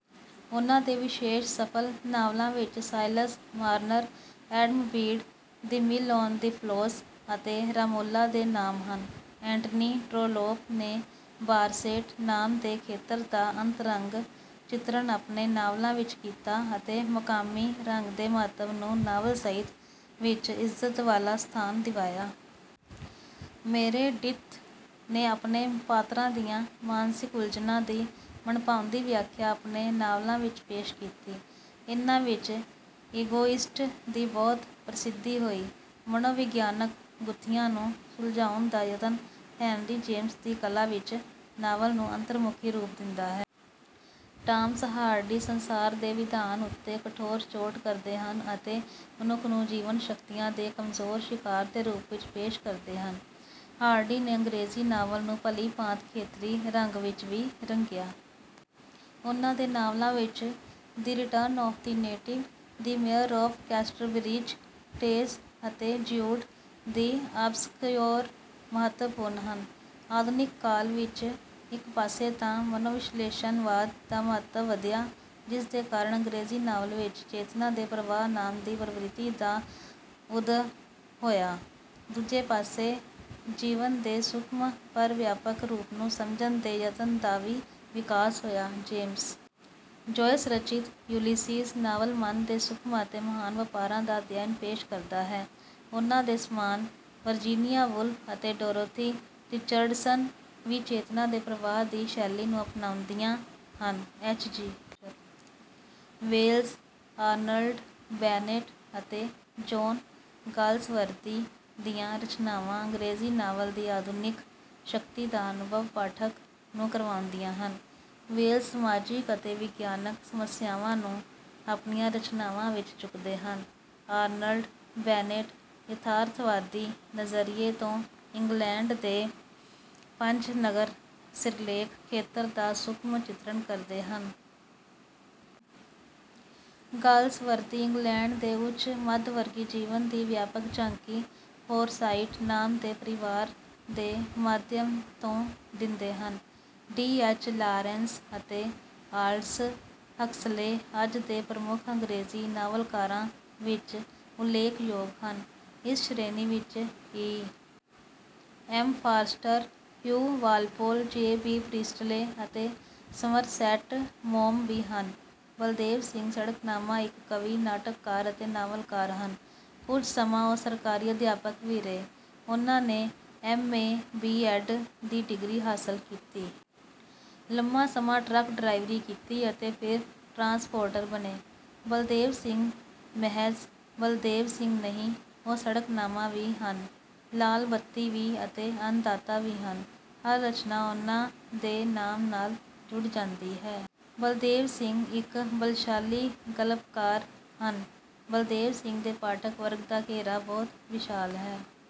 ਉਨ੍ਹਾਂ ਦੇ ਵਿਸ਼ੇਸ਼ ਸਫਲ ਨਾਵਲਾਂ ਵਿੱਚ 'Silas Marner', 'Adam Bede', 'The Mill on the Floss' ਅਤੇ 'ਰਾਮੋਲਾ' ਦੇ ਨਾਮ ਹਨ। ਐਂਟਨੀ ਟਰੌਲੌਪ ਨੇ ਬਾਰਸੇਟ ਨਾਮ ਦੇ ਖੇਤਰ ਦਾ ਅੰਤਰੰਗ ਚਿਤਰਣ ਆਪਣੇ ਨਾਵਲਾਂ ਵਿੱਚ ਕੀਤਾ ਅਤੇ ਮਕਾਮੀ ਰੰਗ ਦੇ ਮਹੱਤਵ ਨੂੰ ਨਾਵਲ ਸਾਹਿਤ ਵਿੱਚ ਇੱਜ਼ਤ ਵਾਲਾ ਸਥਾਨ ਦਿਵਾਇਆ। ਮੇਰੇਡਿਥ ਨੇ ਆਪਣੇ ਪਾਤਰਾਂ ਦੀਆਂ ਮਾਨਸਿਕ ਉਲਝਣਾਂ ਦੀ ਮਨਭਾਉਂਦੀ ਵਿਆਖਿਆ ਆਪਣੇ ਨਾਵਲਾਂ ਵਿੱਚ ਪੇਸ਼ ਕੀਤੀ। ਇਹਨਾਂ ਵਿੱਚ 'ਇਗੋਇਸਟ' ਦੀ ਬਹੁਤ ਪ੍ਰਸਿਧੀ ਹੋਈ। ਮਨੋਵਿਗਿਆਨਕ ਗੁੱਥੀਆਂ ਨੂੰ ਸੁਲਝਾਉਣ ਦਾ ਯਤਨ ਹੈਨਰੀ ਜੇਮਸ ਦੀ ਕਲਾ ਵਿੱਚ ਨਾਵਲ ਨੂੰ ਅੰਤਰਮੁਖੀ ਰੂਪ ਦਿੰਦਾ ਹੈ। ਟਾਮਸ ਹਾਰਡੀ ਸੰਸਾਰ ਦੇ ਵਿਧਾਨ ਉੱਤੇ ਕਠੋਰ ਚੋਟ ਕਰਦੇ ਹਨ ਅਤੇ ਮਨੁੱਖ ਨੂੰ ਜੀਵਨ-ਸ਼ਕਤੀਆਂ ਦੇ ਕਮਜ਼ੋਰ ਸ਼ਿਕਾਰ ਦੇ ਰੂਪ ਵਿੱਚ ਪੇਸ਼ ਕਰਦੇ ਹਨ। ਹਾਰਡੀ ਨੇ ਅੰਗਰੇਜ਼ੀ ਨਾਵਲ ਨੂੰ ਭਲੀ ਭਾਂਤ ਖੇਤਰੀ ਰੰਗ ਵਿੱਚ ਵੀ ਰੰਗਿਆ। ਉਨ੍ਹਾਂ ਦੇ ਨਾਵਲਾਂ ਵਿੱਚ 'The Return of the Native', 'The Mayor of Casterbridge', 'Tess', ਅਤੇ 'ਜਿਊਡ ਦਿ ਆਬਸਕਯੋਰ' ਮਹੱਤਵਪੂਰਨ ਹਨ। ਆਧੁਨਿਕ ਕਾਲ ਵਿੱਚ ਇੱਕ ਪਾਸੇ ਤਾਂ ਮਨੋਵਿਸ਼ਲੇਸ਼ਣਵਾਦ ਦਾ ਮਹੱਤਵ ਵਧਿਆ, ਜਿਸਦੇ ਕਾਰਨ ਅੰਗਰੇਜ਼ੀ ਨਾਵਲ ਵਿੱਚ 'ਚੇਤਨਾ ਦੇ ਪ੍ਰਵਾਹ' ਨਾਮ ਦੀ ਪ੍ਰਵਿਰਤੀ ਦਾ ਉਦਅ ਹੋਇਆ; ਦੂਜੇ ਪਾਸੇ ਜੀਵਨ ਦੇ ਸੂਖਮ ਪਰ ਵਿਆਪਕ ਰੂਪ ਨੂੰ ਸਮਝਣ ਦੇ ਯਤਨ ਦਾ ਵੀ ਵਿਕਾਸ ਹੋਇਆ। ਜੇਮਸ ਜੋਇਸ ਰਚਿਤ 'ਯੂਲਿਸੀਜ਼' ਨਾਵਲ ਮਨ ਦੇ ਸੂਖਮ ਅਤੇ ਮਹਾਨ ਵਪਾਰਾਂ ਦਾ ਅਧਿਐਨ ਪੇਸ਼ ਕਰਦਾ ਹੈ। ਉਨ੍ਹਾਂ ਦੇ ਸਮਾਨ ਵਰਜੀਨੀਆ ਵੁਲਫ਼ ਅਤੇ ਡੋਰੋਥੀ ਰਿਚਰਡਸਨ ਵੀ 'ਚੇਤਨਾ ਦੇ ਪ੍ਰਵਾਹ' ਦੀ ਸ਼ੈਲੀ ਨੂੰ ਅਪਣਾਉਂਦੀਆਂ ਹਨ। ਐੱਚ. ਜੀ. ਵੇਲਜ਼, ਆਰਨਲਡ ਬੈਨੇਟ ਅਤੇ ਜੌਨ ਗਾਲਸਵਰਦੀ ਦੀਆਂ ਰਚਨਾਵਾਂ ਅੰਗਰੇਜ਼ੀ ਨਾਵਲ ਦੀ ਆਧੁਨਿਕ ਸ਼ਕਤੀ ਦਾ ਅਨੁਭਵ ਪਾਠਕ ਨੂੰ ਕਰਵਾਉਂਦੀਆਂ ਹਨ। ਵੇਲਜ਼ ਸਮਾਜਿਕ ਅਤੇ ਵਿਗਿਆਨਕ ਸਮੱਸਿਆਵਾਂ ਨੂੰ ਆਪਣੀਆਂ ਰਚਨਾਵਾਂ ਵਿੱਚ ਚੁੱਕਦੇ ਹਨ। ਆਰਨਲਡ ਬੈਨੇਟ ਯਥਾਰਥਵਾਦੀ ਨਜ਼ਰੀਏ ਤੋਂ ਇੰਗਲੈਂਡ ਦੇ 'ਪੰਜ ਨਗਰ' ਸਿਰਲੇਖ ਖੇਤਰ ਦਾ ਸੂਖਮ ਚਿਤਰਣ ਕਰਦੇ ਹਨ। ਗਾਲਸਵਰਦੀ ਇੰਗਲੈਂਡ ਦੇ ਉੱਚ-ਮੱਧਵਰਗੀ ਜੀਵਨ ਦੀ ਵਿਆਪਕ ਝਾਂਕੀ 'ਫੋਰਸਾਇਟ' ਨਾਮ ਦੇ ਪਰਿਵਾਰ ਦੇ ਮਾਧਿਅਮ ਤੋਂ ਦਿੰਦੇ ਹਨ। ਡੀ. ਐੱਚ. ਲਾਰੈਂਸ ਅਤੇ ਆਲਡਸ ਹਕਸਲੇ ਅੱਜ ਦੇ ਪ੍ਰਮੁੱਖ ਅੰਗਰੇਜ਼ੀ ਨਾਵਲਕਾਰਾਂ ਵਿੱਚ ਉਲੇਖਯੋਗ ਹਨ। ਇਸ ਸ਼੍ਰੇਣੀ ਵਿੱਚ E. M. Forster, Hugh Walpole, J. B. Priestley ਅਤੇ ਸਮਰਸੈਟ ਮੌਮ ਵੀ ਹਨ। ਬਲਦੇਵ ਸਿੰਘ ਸੜਕਨਾਮਾ ਇੱਕ ਕਵੀ, ਨਾਟਕਕਾਰ ਅਤੇ ਨਾਵਲਕਾਰ ਹਨ। ਕੁਝ ਸਮਾਂ ਉਹ ਸਰਕਾਰੀ ਅਧਿਆਪਕ ਵੀ ਰਹੇ। ਉਨ੍ਹਾਂ ਨੇ ਐੱਮ.ਏ. ਬੀ.ਐੱਡ. ਦੀ ਡਿਗਰੀ ਹਾਸਲ ਕੀਤੀ। ਲੰਮਾ ਸਮਾਂ ਟਰੱਕ ਡਰਾਈਵਰੀ ਕੀਤੀ ਅਤੇ ਫਿਰ ਟਰਾਂਸਪੋਰਟਰ ਬਣੇ। ਬਲਦੇਵ ਸਿੰਘ ਮਹਿਜ਼ ਬਲਦੇਵ ਸਿੰਘ ਨਹੀਂ, ਉਹ 'ਸੜਕਨਾਮਾ' ਵੀ ਹਨ, 'ਲਾਲ ਬੱਤੀ' ਵੀ ਅਤੇ 'ਅੰਨਦਾਤਾ' ਵੀ ਹਨ। ਹਰ ਰਚਨਾ ਉਨ੍ਹਾਂ ਦੇ ਨਾਮ ਨਾਲ ਜੁੜ ਜਾਂਦੀ ਹੈ। ਬਲਦੇਵ ਸਿੰਘ ਇੱਕ ਬਲਸ਼ਾਲੀ ਗਲਪਕਾਰ ਹਨ। ਬਲਦੇਵ ਸਿੰਘ ਦੇ ਪਾਠਕ ਵਰਗ ਦਾ ਘੇਰਾ ਬਹੁਤ ਵਿਸ਼ਾਲ ਹੈ।